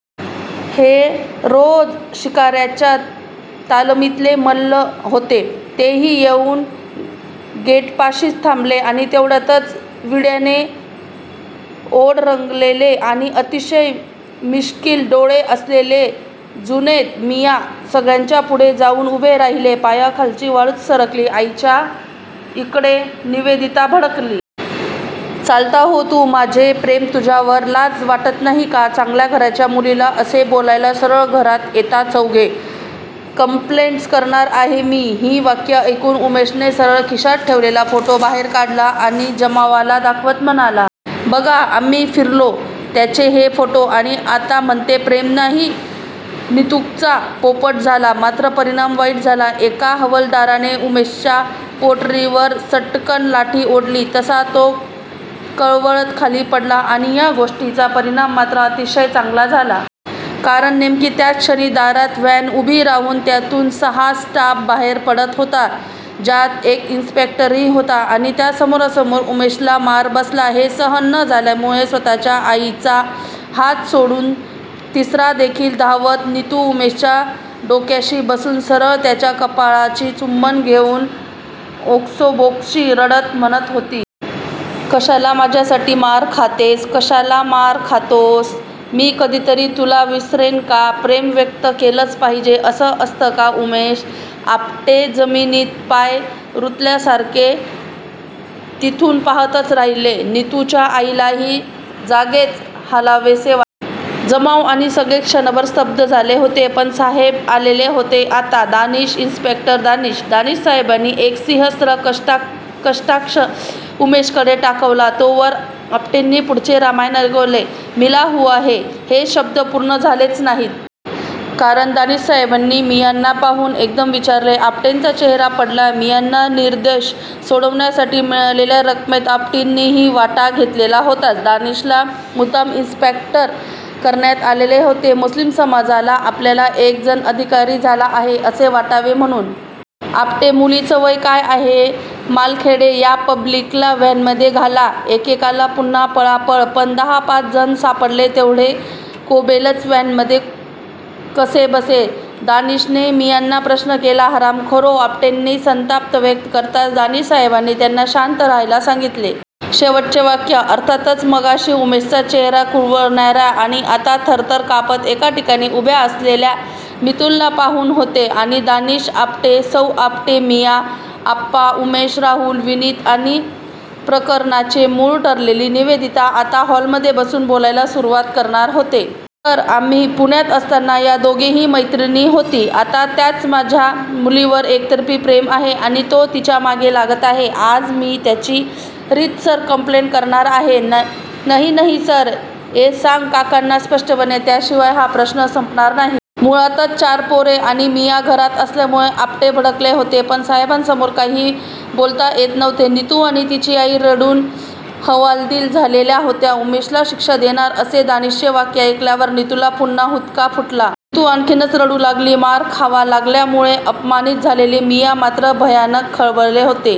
हे राज शिर्क्यांच्या तालमीतले मल्ल होते. तेही येऊन गेटपाशीच थांबले आणि तेवढ्यातच विड्याने ओठ रंगलेले आणि अतिशय मिश्कील डोळे असलेले जुनैद मियाँ सगळ्यांच्या पुढे जाऊन उभे राहिले. पायाखालची वाळूच सरकली आईंच्या! इकडे निवेदिता भडकली. चालता हो तू माझे प्रेम तुझ्यावर? लाज वाटत नाही का चांगल्या घरच्या मुलील असे बोलायला सरळ घरात येता चौघे? कंप्लेन्टच करणार आहे मी ही वाक्ये ऐकून उमेशने सरळ खिशात ठेवलेला फोटो बाहेर काढला आणि जमावाला दाखवत म्हणाला. बघा आम्ही फिरलो त्याचे हे फोटो आणि आता म्हणते प्रेम नाही. नितुचा पोपट झाला. मात्र परिणाम वाईट झाला. एका हवालदाराने उमेशच्या पोटरीवर सट्टकन लाठी ओढली तसा तो कळवळत खाली पडला आणि ह्या गोष्टीचा परिणाम मात्र अतिशय चांगला झाला. कारण नेमकी त्याच क्षणी दारात व्हॅन उभी राहून त्यातून सहा स्टाफ बाहेर पडत होता ज्यात एक इन्स्पेक्टरही होता आणि त्या सर्वांसमोर उमेशला मार बसला हे सहन न झाल्यामुळे स्वतःच्या आईचा हात सोडून तीरासारखी धावत नितु उमेशच्या डोक्याशी बसून सरळ त्याच्या कपाळाची चुंबने घेऊन ओक्साबोक्शी रडत म्हणत होती. कशाला माझ्यासाठी मार खातोयस? कशाला मार खातोयस? मी कधीतरी तुला विसरेन का? प्रेम व्यक्त केलंच पाहिजे असं असतं का उमेश? आपटे जमीनीत पाय रुतल्यासारखे थिजून पाहातच राहिले. नितुच्या आईलाही जागचे हालावेसे वाटत नव्हते. जमाव आणि सगळेच क्षणभर स्तब्ध झाले होते. पण साहेब आलेले होते आता! दानिश! इन्स्पेक्टर दानिश! दानिशसाहेबांनी एक हिंस्त्र कटाक्ष उमेशकडे टाकला. तोवर आपटेंनी पुढचे रामायण ऐकवले. 'मिला हुवा है' हे शब्द पूर्ण झालेच नाहीत. कारण दानिशसाहेबांनी मियाँना पाहून एकदम विचारले. आपटेंचा चेहराच पडला. मियाँना निर्दोष सोडण्यासाठी मिळालेल्या रकमेत आपटेंनीही वाटा घेतलेला होताच! दानिशला मुद्दाम इन्स्पेक्टर करण्यात आलेले होते. मुस्लिम समाजाला आपल्यातला एक जण अधिकारी झाला आहे असे वाटावे म्हणून! आपटे. मुलीचं वय काय आहे? मालखेडे या पब्लिकला व्हॅनमध्ये घाल एकेकाल पुन्हा पळापळ! पण दहा पाच जण सापडले तेवढे कोंबलेच व्हॅनमध्ये कसेबसे! दानिशने मियाँना प्रश्न केला. हरामखोर आपटेंनी संताप व्यक्त करताच दानिशसाहेबांनी त्यांना शांत राहायला सांगितले. शेवटचे वाक्य अर्थातच मगाशी उमेशचा चेहरा कुरवाळणार्या आणि आता थरथर कापत एका ठिकाणी उभ्या असलेल्या नितुला पाहून होते आणि दानिश, आपटे, सौ. आपटे, मियाँ, आप्पा, उमेश, राहुल, विनीत आणि प्रकरनाचे मूळ ठरलेली निवेदिता आता हॉलमध्ये बसून बोलायला सुरुवात करणार होते. सर आम्ही पुण्यात असताना या दोघांची मैत्री होती. आता त्याचं माझ्या मुलीवर एकतर्फी प्रेम आहे आणि तो तिच्या मागे लागत आहे. आज मी त्याची रीतसर कंप्लेन्ट करणार आहे. नही नही सर ए सांग काकांना स्पष्टपणे त्याशिवाय हा प्रश्न संपणार नाही. मुळातच चार पोरे आणि मियाँ घरात आल्यामुळे आपटे भडकलेले होते पण साहेबांसमोर काही बोलता येत नव्हते. नितु आणि तिची आई रडून हवालदिल झालेल्या होत्या. उमेशला शिक्षा देणार असे दानिशचे वाक्य ऐकल्यावर नितुला पुन्हा हुंदका फुटला. नितु आणखीनच रडू लागली. मार खावा लागल्यामुळे अपमानीत झालेले मियाँ मात्र भयानक खवळलेले होते.